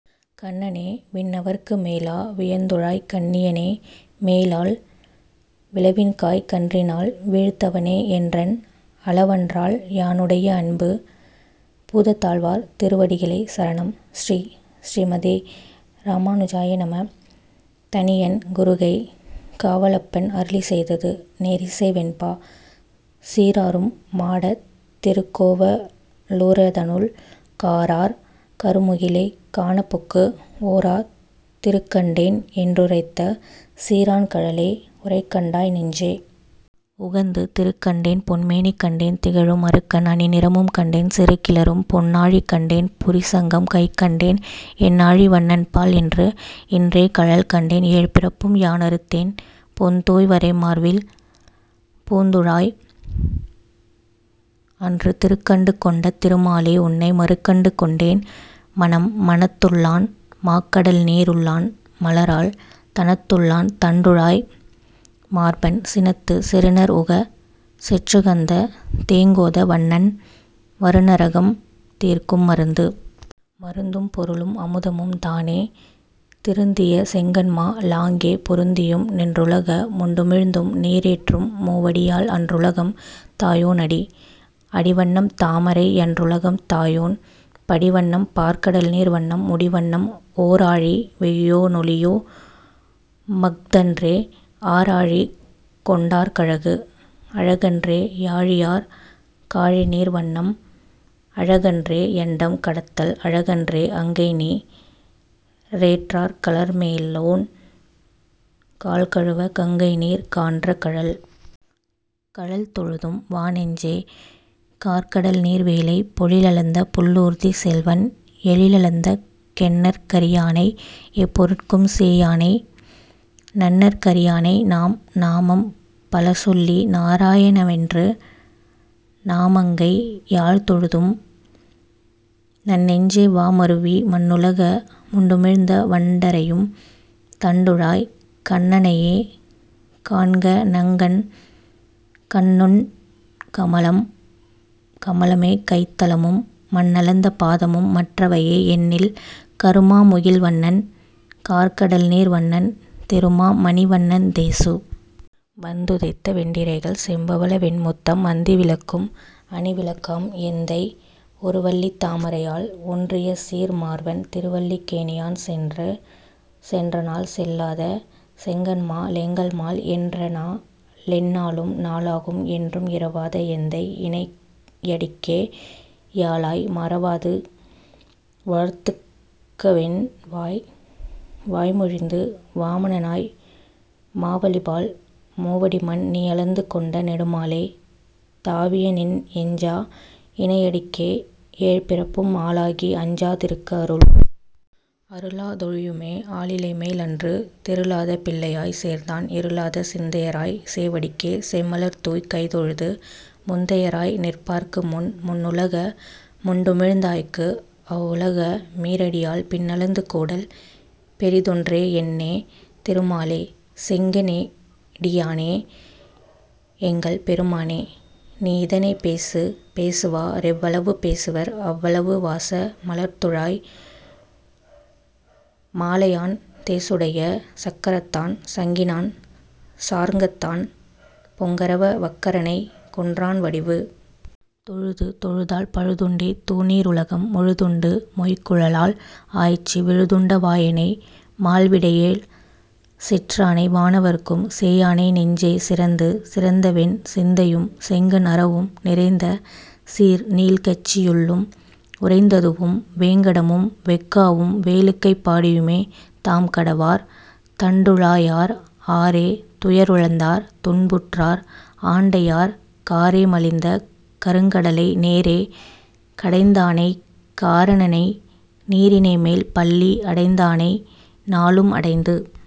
கண்ணனே, விண்ணவர்க்கு। மேலா. வியந்துழாய்க் கண்ணியனே, மேலால் விளவின்காய் கன்றினால் வீழ்த்தவனே, என்றன் அளவன்றால் யானுடைய அன்பு. பூதத்தாழ்வார் திருவடிகளே சரணம் ஸ்ரீ: ஸ்ரீமதே ராமானுஜாய நம: தனியன் குருகை காவலப்பன் அருளிச் செய்தது நேரிசை வெண்பா சீராரும் மாடத் திருக்கோவ லூரதனுள் காரார் கருமுகிலைக் காணப்புக்கு, ஓராத் திருக்கண்டேன் என்றுரைத்த சீரான் கழலே, உரைக்கண்டாய் நெஞ்சே. உகந்து. திருக்கண்டேன் பொன்மேனி கண்டேன், திகழும் அருக்கன் அணிநிறமும் கண்டேன், செருக்கிளரும் பொன்னாழி கண்டேன் புரி சங்கம் கைக்கண்டேன், என்னாழி வண்ணன்பால் இன்று. இன்றே கழல்கண்டேன் ஏழ்பிறப்பும் யானறுத்தேன், பொன்தோய் வரைமார்வில் பூந்துழாய், அன்று திருக்கண்டு கொண்ட திருமாலே, உன்னை மருக்கண்டு கொண்டேன் மனம். மனத்துள்ளான் மாகடல்நீ ருள்ளான், மலராள் தனத்துள்ளான் தண்டுழாய் மார்பன், சினத்துச் செருநர்உகச் செற்றுகந்த தேங்கோத வண்ணன், வருநரகம் தீர்க்கும் மருந்து. மருந்தும் பொருளும் அமுதமும் தானே, திருந்திய செங்கண்மா லாங்கே, பொருந்தியும் நின்றுலக முண்டுமிழ்ந்தும் நீரேற்றும் மூவடியால், அன்றுலகம் தாயோன் அடி. அடிவண்ணம் தாமரை யன்றுலகம் தாயோன், படிவண்ணம் பார்க்கடல்நீர் வண்ணம், முடிவண்ணம் ஓராழி வெய்யோ னொளியு மஃதன்றே ஆராழி கொண்டாற் கழகு? அழகன்றே யாழியாற் காழிநீர் வண்ணம், அழகன்றே யண்டம் கடத்தல், அழகன்றே அங்கைநீ ரேற்றாற் கலர்மேலோன் கால்கழுவ, கங்கைநீர் கான்ற கழல்? கழல்தொழுதும் வாநெஞ்சே. கார்கடல்நீர் வேலை, பொழிலளந்த புள்ளூர்திச் செல்வன், எழிலளந்தங் கெண்ணற் கரியானை எப்பொருட்கும் சேயானை, நண்ணற் கரியானை நாம். நாமம் பலசொல்லி நாராய ணாவென்று, நாமங்கை யால்தொழுதும் நன்னெஞ்சே. வா, மருவி மண்ணுலக முண்டுமிழ்ந்த வண்டறையும் தண்டுழாய், கண்ணனையே காண்கநங் கண். கண்ணுங் கமலம் கமலமே கைத்தலமும், மண்ணளந்த பாதமும் மற்றவையே, எண்ணில் கருமா முகில்வண்ணன் கார்கடல்நீர் வண்ணன், திருமா மணிவண்ணன் தேசு. வந்துதைத்த வெண்டிரைகள் செம்பவள வெண்முத்தம் அந்தி விளக்கும் அணிவிளக்காம், எந்தை ஒருவல்லித் தாமரையாள் ஒன்றியசீர் மார்வன், திருவல்லிக் கேணியான் சென்று. சென்றநாள் செல்லாத செங்கண்மா லெங்கள்மால், என்றநா ளெந்நாளும் நாளாகும், என்றும் இறவாத எந்தை இணையடிக்கே யாளாய், மறவாது வாழ்த்துகவென் வாய். வாய்மொழிந்து வாமனனாய் மாவலிபால், மூவடிமண் நீயளந்து கொண்ட நெடுமாலே, தாவியநின் எஞ்சா இணையடிக்கே ஏழ்பிறப்பும் ஆளாகி, அஞ்சா திருக்க அருள். அருளா தொழியுமே ஆலிலைமேல், அன்று தெருளாத பிள்ளையாய்ச் சேர்ந்தான், இருளாத சிந்தையராய்ச் சேவடிக்கே செம்மலர்தூய்க் கைதொழுது, முந்தையராய் நிற்பார்க்கு முன்? முன்னுலக முண்டுமிழ்ந்தாய்க்கு, அவ்வுலக மீரடியால் பின்னளந்து கோடல் பெரிதொன்றே? என்னே திருமாலே. செங்க ணெடியானே, எங்கள் பெருமானே. நீயிதனைப் பேசு. பேசுவா ரெவ்வளவு பேசுவர், அவ்வளவே வாச மலர்த்துழாய் மாலையான், தேசுடைய சக்கரத்தான் சங்கினான் சார்ங்கத்தான், பொங்கரவ வக்கரனைக் கொன்றான் வடிவு. தொழுது. தொழுதால் பழுதுண்டே தூநீ ருலகம், முழுதுண்டு மொய்குழலாள் ஆய்ச்சி, விழுதுண்ட வாயானை மால்விடையேழ் செற்றானை, வானவர்க்கும் சேயானை நெஞ்சே. சிறந்து? சிறந்தவென் சிந்தையும் செங்கண் அரவும், நிறைந்தசீர் நீள்கச்சி யுள்ளும், உறைந்ததுவும், வேங்கடமும் வெஃகாவும் வேளுக்கைப் பாடியுமே, தாம்கடவார் தண்டுழா யார். ஆரே துயருழந்தார் துன்புற்றார் ஆண்டையார், காரே மலிந்த கருங்கடலை, நேரே கடைந்தானைக் காரணனை, நீரணைமேல் பள்ளி அடைந்தானை நாளும் அடைந்து?